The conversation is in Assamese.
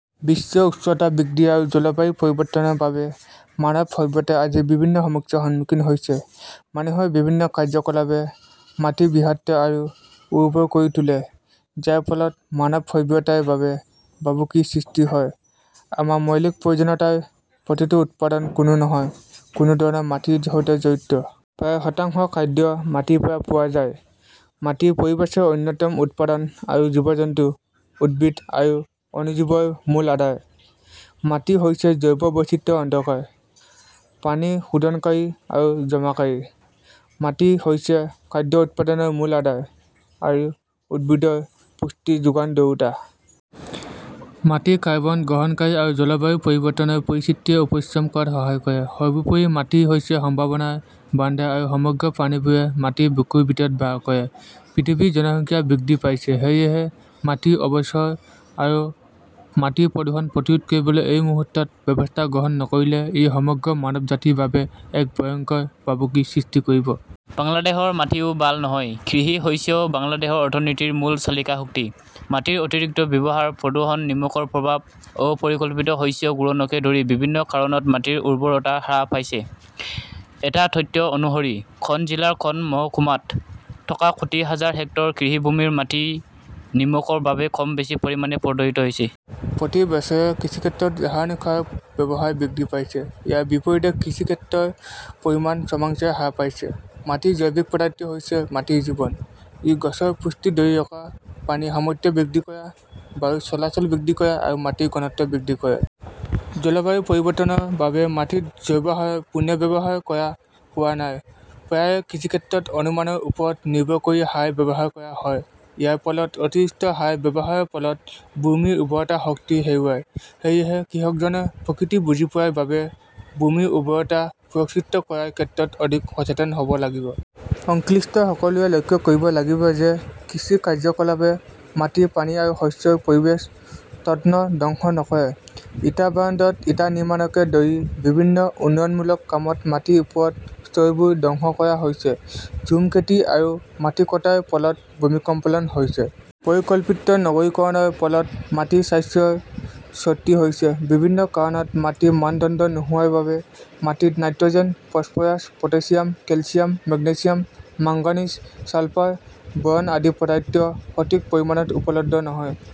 বিশ্ব উষ্ণতা বৃদ্ধি আৰু জলবায়ু পৰিৱৰ্তনৰ বাবে মানৱ সভ্যতাই আজি বিভিন্ন সমস্যাৰ সন্মুখীন হৈছে। মানুহৰ বিভিন্ন কাৰ্যকলাপে মাটি বিষাক্ত আৰু উৰ্বৰ কৰি তোলে, যাৰ ফলত মানৱ সভ্যতাৰ বাবে ভাবুকিৰ সৃষ্টি হয়। আমাৰ মৌলিক প্ৰয়োজনীয়তাৰ প্ৰতিটো উৎপাদান কোনো নহয় কোনো ধৰণে মাটিৰ সৈতে জড়িত। প্ৰায় শতাংশ খাদ্য মাটিৰ পৰা পোৱা যায়। মাটি পৰিৱেশৰ অন্যতম উৎপাদান আৰু জীৱ-জন্তু, উদ্ভিদ আৰু অণুজীৱৰ মূল আধাৰ। মাটি হৈছে জৈৱ বৈচিত্ৰ্যৰ অন্ধকাৰ, পানী শোধনকাৰী আৰু জমাকাৰী। মাটি হৈছে খাদ্য উৎপাদনৰ মূল আধাৰ আৰু উদ্ভিদৰ পুষ্টি যোগান ধৰোঁতা। মাটি কাৰ্বন গ্ৰহণকাৰী আৰু জলবায়ু পৰিৱৰ্তনৰ পৰিস্থিতিয়ে উপশম কৰাত সহায় কৰে। সৰ্বোপৰি, মাটি হৈছে সম্ভাৱনাৰ ভাণ্ডাৰ আৰু সমগ্ৰ প্ৰাণীবোৰে মাটিৰ বুকুৰ ভিতৰত বাস কৰে। পৃথিৱীৰ জনসংখ্যা বৃদ্ধি পাইছে। সেয়েহে মাটিৰ অৱশয় আৰু মাটিৰ প্ৰদূষণ প্ৰতিৰোধ কৰিবলৈ এই মুহূৰ্তত ব্যৱস্থা গ্ৰহণ নকৰিলে ই সমগ্ৰ মানৱজাতিৰ বাবে এক ভয়ংকৰ ভাবুকিৰ সৃষ্টি কৰিব। বাংলাদেশৰ মাটিও ভাল নহয়। কৃষি হৈছে বাংলাদেশৰ অৰ্থনীতিৰ মূল চালিকা শক্তি। মাটিৰ অতিৰিক্ত ব্যৱহাৰ, প্ৰদূষণ, নিমখৰ প্ৰভাৱ, অ-পৰিকল্পিত শস্য ঘূৰণকে ধৰি বিভিন্ন কাৰণত মাটিৰ উৰ্বৰতা হ্ৰাস পাইছে। এটা তথ্য অনুসৰি, খন জিলাৰ খন মহকুমাত থকা কোটি হাজাৰ হেক্টৰ কৃষিভূমিৰ মাটি নিমখৰ বাবে কম বেছি পৰিমাণে প্ৰদূষিত হৈছে। প্ৰতি বছৰে কৃষিক্ষেত্ৰত ৰাসায়নিক সাৰৰ ব্যৱহাৰ বৃদ্ধি পাইছে, ইয়াৰ বিপৰীতে কৃষিক্ষেত্ৰৰ পৰিমাণ ক্ৰমান্বয়ে হ্ৰাস পাইছে। মাটিৰ জৈৱিক পদাৰ্থ হৈছে মাটিৰ জীৱন। ই গছৰ পুষ্টি ধৰি ৰখা, পানীৰ সামৰ্থ্য বৃদ্ধি কৰা, বায়ু চলাচল বৃদ্ধি কৰা আৰু মাটিৰ ঘনত্ব বৃদ্ধি কৰে। জলবায়ু পৰিৱৰ্তনৰ বাবে মাটিত জৈৱ সাৰ পুনৰ্ব্যৱহাৰ কৰা হোৱা নাই। প্ৰায়ে কৃষিক্ষেত্ৰত অনুমানৰ ওপৰত নিৰ্ভৰ কৰি সাৰ ব্যৱহাৰ কৰা হয়। ইয়াৰ ফলত অতিৰিক্ত সাৰ ব্যৱহাৰৰ ফলত ভূমিৰ উৰ্বৰতা শক্তি হেৰুৱায়। সেয়েহে কৃষকজনে প্ৰকৃতি বুজি পোৱাৰ বাবে ভূমিৰ উৰ্বৰতা সুৰক্ষিত কৰাৰ ক্ষেত্ৰত অধিক সচেতন হ 'ব লাগিব। সংশ্লিষ্ট সকলোৱে লক্ষ্য কৰিব লাগিব যে কৃষি কাৰ্যকলাপে মাটি, পানী আৰু শস্যৰ পৰিৱেশ তন্ত্ৰ ধ্বংস নকৰে। ইটা ভাণ্ডাৰত ইটা নিৰ্মাণকে ধৰি বিভিন্ন উন্নয়নমূলক কামত মাটিৰ ওপৰৰ স্তৰবোৰ ধ্বংস কৰা হৈছে। ঝুম খেতি আৰু মাটি কটাৰ ফলত ভূমিকম্পলন হৈছে। পৰিকল্পিত নগৰীকৰণৰ ফলত মাটিৰ স্বাস্থ্যৰ শতি হৈছে। বিভিন্ন কাৰণত মাটিৰ মানদণ্ড নোহোৱাৰ বাবে মাটিত nitrogen, phosphorus, potassium, calcium, magnesium, manganese, sulphur, boron আদি পদাৰ্থ সঠিক পৰিমাণত উপলব্ধ নহয়।